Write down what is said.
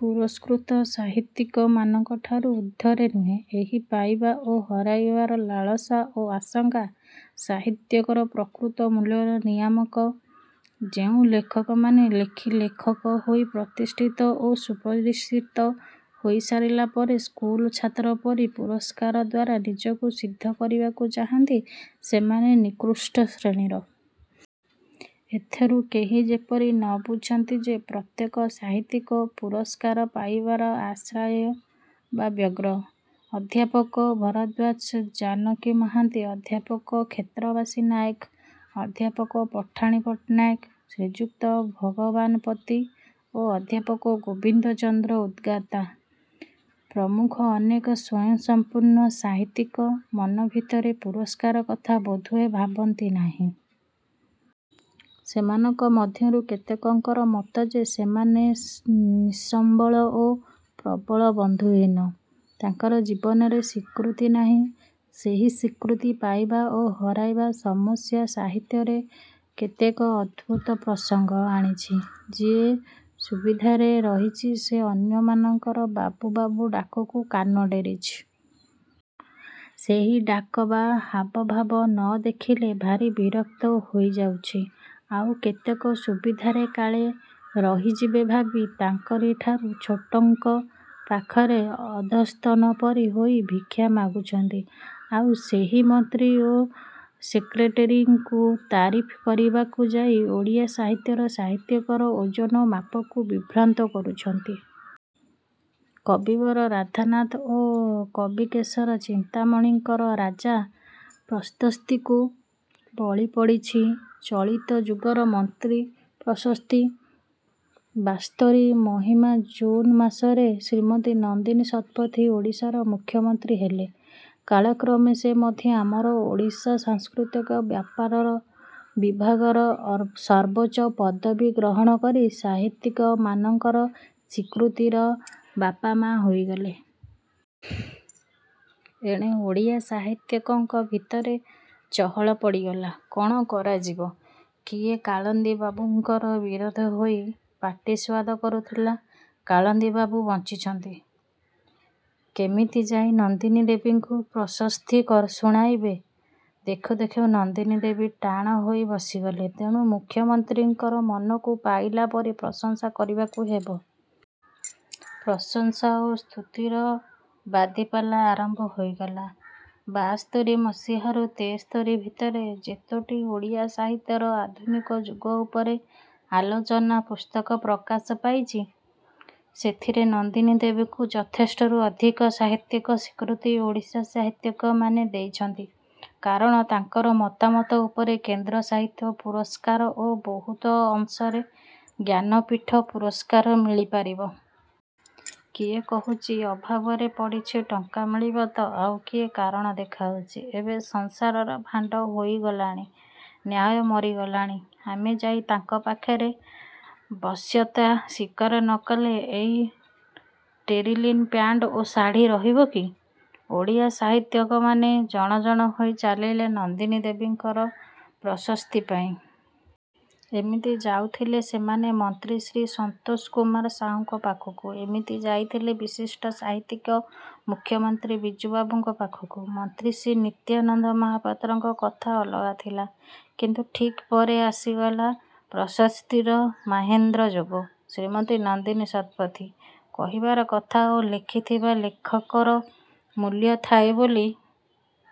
ପୁରସ୍କୃତ ସାହିତ୍ୟିକମାନଙ୍କଠାରୁ ଉର୍ଦ୍ଧ୍ୱରେ ନୁହେଁ। ଏହି ପାଇବା ଓ ହରାଇବାର ଲାଳସା ଓ ଆଶଙ୍କା ସାହିତ୍ୟିକର ପ୍ରକୃତ ମୂଲ୍ୟର ନିୟାମକ। ଯେଉଁ ଲେଖକମାନେ ଲେଖି ଲେଖକ ହୋଇ ପ୍ରତିଷ୍ଠିତ ଓ ସୁପ୍ରତିଷ୍ଠିତ ହୋଇ ସାରିଲା ପରେ ସ୍କୁଲ ଛାତ୍ର ପରି ପୁରସ୍କାର ଦ୍ୱାରା ନିଜକୁ ସିଦ୍ଧ କରିବାକୁ ଚାହାନ୍ତି ସେମାନେ ନିକୃଷ୍ଟ ଶ୍ରେଣୀର-। ଏଥିରୁ କେହି ଯେପରି ନ ବୁଝନ୍ତି ଯେ ପ୍ରତ୍ୟେକ ସାହିତ୍ୟିକ ପୁରସ୍କାର ପାଇବାରେ ଆଶାୟୀ ବା ବ୍ୟଗ୍ର। ଅଧ୍ୟାପକ ଭରଦ୍ୱାଜ ଜାନକୀ ମହାନ୍ତି, ଅଧ୍ୟାପକ କ୍ଷେତ୍ରବାସୀ ନାୟକ, ଅଧ୍ୟାପକ ପଠାଣି ପଟ୍ଟନାୟକ, ଶ୍ରୀଯୁକ୍ତ ଭଗବାନ ପତି ଓ ଅଧ୍ୟାପକ ଗୋବିନ୍ଦ ଚନ୍ଦ୍ର ଉଦ୍ଗାତା ପ୍ରମୁଖ ଅନେକ ସ୍ୱୟଂସମ୍ପୂର୍ଣ୍ଣ ସାହିତ୍ୟିକ ମନଭିତରେ ପୁରସ୍କାର କଥା ବୋଧହୁଏ ଭାବନ୍ତି ନାହିଁ। ସେମାନଙ୍କ ମଧ୍ୟରୁ କେତେକଙ୍କର ମତ ଯେ ସେମାନେ ନିସମ୍ୱଳ ଓ ପ୍ରବଳ ବନ୍ଧୁହୀନ। ତାଙ୍କର ଜୀବନରେ ସ୍ୱୀକୃତି ନାହିଁ। ଏହି ସ୍ୱୀକୃତି ପାଇବା ଓ ହରାଇବା ସମସ୍ୟା ସାହିତ୍ୟରେ କେତେକ ଅଦ୍ଭୁତ ପ୍ରସଙ୍ଗ ଆଣିଛି। ଯିଏ ସୁବିଧାରେ ରହିଛି ସେ ଅନ୍ୟମାନଙ୍କର ବାବୁ-ବାବୁ-ଡାକକୁ କାନ ଡେରିଛି। ସେହି ଡାକ ବା ହାବଭାବ ନ ଦେଖିଲେ ଭାରି ବିରକ୍ତ ହୋଇଯାଉଛି। ଆଉ କେତେକ ସୁବିଧାରେ କାଳେ ରହିଯିବେ ଭାବି ତାଙ୍କରିଠାରୁ ଛୋଟଙ୍କ ପାଖରେ ଅଧସ୍ତନ ପରି ହୋଇ ଭିକ୍ଷା ମାଗୁଛନ୍ତି। ଆଉ ସେହି ମନ୍ତ୍ରୀ ଓ ସେକ୍ରେଟାରୀଙ୍କୁ ତାରିଫ୍ କରିବାକୁ ଯାଇ ଓଡ଼ିଆ ସାହିତ୍ୟର ସାହିତ୍ୟିକର ଓଜନ ଓ ମାପକୁ ବିଭ୍ରାନ୍ତ କରୁଛନ୍ତି। କବିବର ରାଧାନାଥ ଓ କବିଶେଖର ଚିନ୍ତାମଣିଙ୍କର ରାଜା-ପ୍ରଶସ୍ତିକୁ ବଳି ପଡ଼ିଛି ଚଳିତ ଯୁଗର ମନ୍ତ୍ରୀ-ପ୍ରଶସ୍ତି। ବାସ୍ତରୀ ମସିହା ଜୁନ୍ ମାସରେ ଶ୍ରୀମତୀ ନନ୍ଦିନୀ ଶତପଥୀ ଓଡ଼ିଶାର ମୁଖ୍ୟମନ୍ତ୍ରୀ ହେଲେ। କାଳକ୍ରମେ ସେ ମଧ୍ୟ ଆମର ଓଡ଼ିଶା ସାଂସ୍କୃତିକ ବ୍ୟାପାର ବିଭାଗର ସର୍ବୋଚ୍ଚ ପଦବୀ ଗ୍ରହଣ କରି ସାହିତ୍ୟିକମାନଙ୍କର ସ୍ୱୀକୃତିର ମାଆବାପା ହୋଇଗଲେ। ଏଣେ ଓଡ଼ିଆ ସାହିତ୍ୟିକଙ୍କ ଭିତରେ ଚହଳ ପଡ଼ିଗଲା-କ'ଣ କରାଯିବ? କିଏ କାଳିନ୍ଦୀ ବାବୁଙ୍କର ବିରୋଧି ହୋଇ ପାଟିସୁଆଦ କରୁଥିଲା। କାଳିନ୍ଦୀବାବୁ ବଞ୍ଚିଛନ୍ତି। କେମିତି ଯାଇ ନନ୍ଦିନୀ ଦେବୀଙ୍କୁ ପ୍ରଶସ୍ତି ଶୁଣାଇବେ? ଦେଖୁ ଦେଖୁ ନନ୍ଦିନୀ ଦେବୀ ଟାଣ ହୋଇ ବସିଗଲେ। ତେଣୁ ମୁଖ୍ୟମନ୍ତ୍ରୀଙ୍କର ମନକୁ ପାଇଲା ପରି ପ୍ରଶଂସା କରିବାକୁ ହେବ। ପ୍ରଶଂସା ଓ ସ୍ତୁତିର ବାଦିପାଲା ଆରମ୍ଭ ହୋଇଗଲା। ବାସ୍ତରୀ ମସିହାରୁ ତେସ୍ତରୀ ଭିତରେ ଯେତୋଟି ଓଡ଼ିଆ ସାହିତ୍ୟର ଆଧୁନିକ ଯୁଗ ଉପରେ ଆଲୋଚନା ପୁସ୍ତକ ପ୍ରକାଶ ପାଇଛି ସେଥିରେ ନନ୍ଦିନୀ ଦେବୀଙ୍କୁ ଯଥେଷ୍ଟରୁ ଅଧିକ ସାହିତ୍ୟିକ ସ୍ୱୀକୃତି ଓଡ଼ିଆ ସାହିତ୍ୟିକମାନେ ଦେଇଛନ୍ତି। କାରଣ ତାଙ୍କର ମତାମତ ଉପରେ କେନ୍ଦ୍ର ସାହିତ୍ୟ ପୁରସ୍କାର ଓ ବହୁତ ଅଂଶରେ ଜ୍ଞାନପୀଠ ପୁରସ୍କାର ମିଳି ପାରିବ। କିଏ କହୁଛି-ଅଭାବରେ ପଡ଼ିଛି ଟଙ୍କା ମିଳିବ ତ। ଆଉ କିଏ କାରଣ ଦେଖାଉଛି-ଏବେ ସଂସାର ଭାଣ୍ତ ହୋଇ ଗଲାଣି। ନ୍ୟାୟ ମରିଗଲାଣି। ଆମେ ଯାଇ ତାଙ୍କ ପାଖରେ ବଶ୍ୟତା ସ୍ୱୀକାର ନ କଲେ ଏଇ ଟେରିଲିନ ପ୍ୟାଣ୍ଟ ଓ ଶାଢ଼ୀ ରହିବ କି? ଓଡ଼ିଆ ସାହିତ୍ୟିକମାନେ ଜଣ ଜଣ ହୋଇ ଚାଲିଲେ ନନ୍ଦିନୀ ଦେବୀଙ୍କର ପ୍ରଶସ୍ତି ପାଇଁ-। ଏମିତି ଯାଉଥିଲେ ସେମାନେ ମନ୍ତ୍ରୀ ଶ୍ରୀ ସନ୍ତୋଷ କୁମାର ସାହୁଙ୍କ ପାଖକୁ। ଏମିତି ଯାଇଥିଲେ ବିଶିଷ୍ଟ ସାହିତ୍ୟିକ ମୁଖ୍ୟମନ୍ତ୍ରୀ ବିଜୁବାବୁଙ୍କ ପାଖକୁ। ମନ୍ତ୍ରୀ ଶ୍ରୀ ନିତ୍ୟାନନ୍ଦ ମହାପାତ୍ରଙ୍କ କଥା ଅଲଗା ଥିଲା। କିନ୍ତୁ ଠିକ୍ ପରେ ଆସିଗଲା ପ୍ରଶସ୍ତିର ମାହେନ୍ଦ୍ର ଯୋଗ-ଶ୍ରୀମତୀ ନନ୍ଦିନୀ ଶତପଥୀ-। କହିବାର କଥା ଓ ଲେଖିଥିବା ଲେଖାର ମୂଲ୍ୟ ଥାଏ ବୋଲି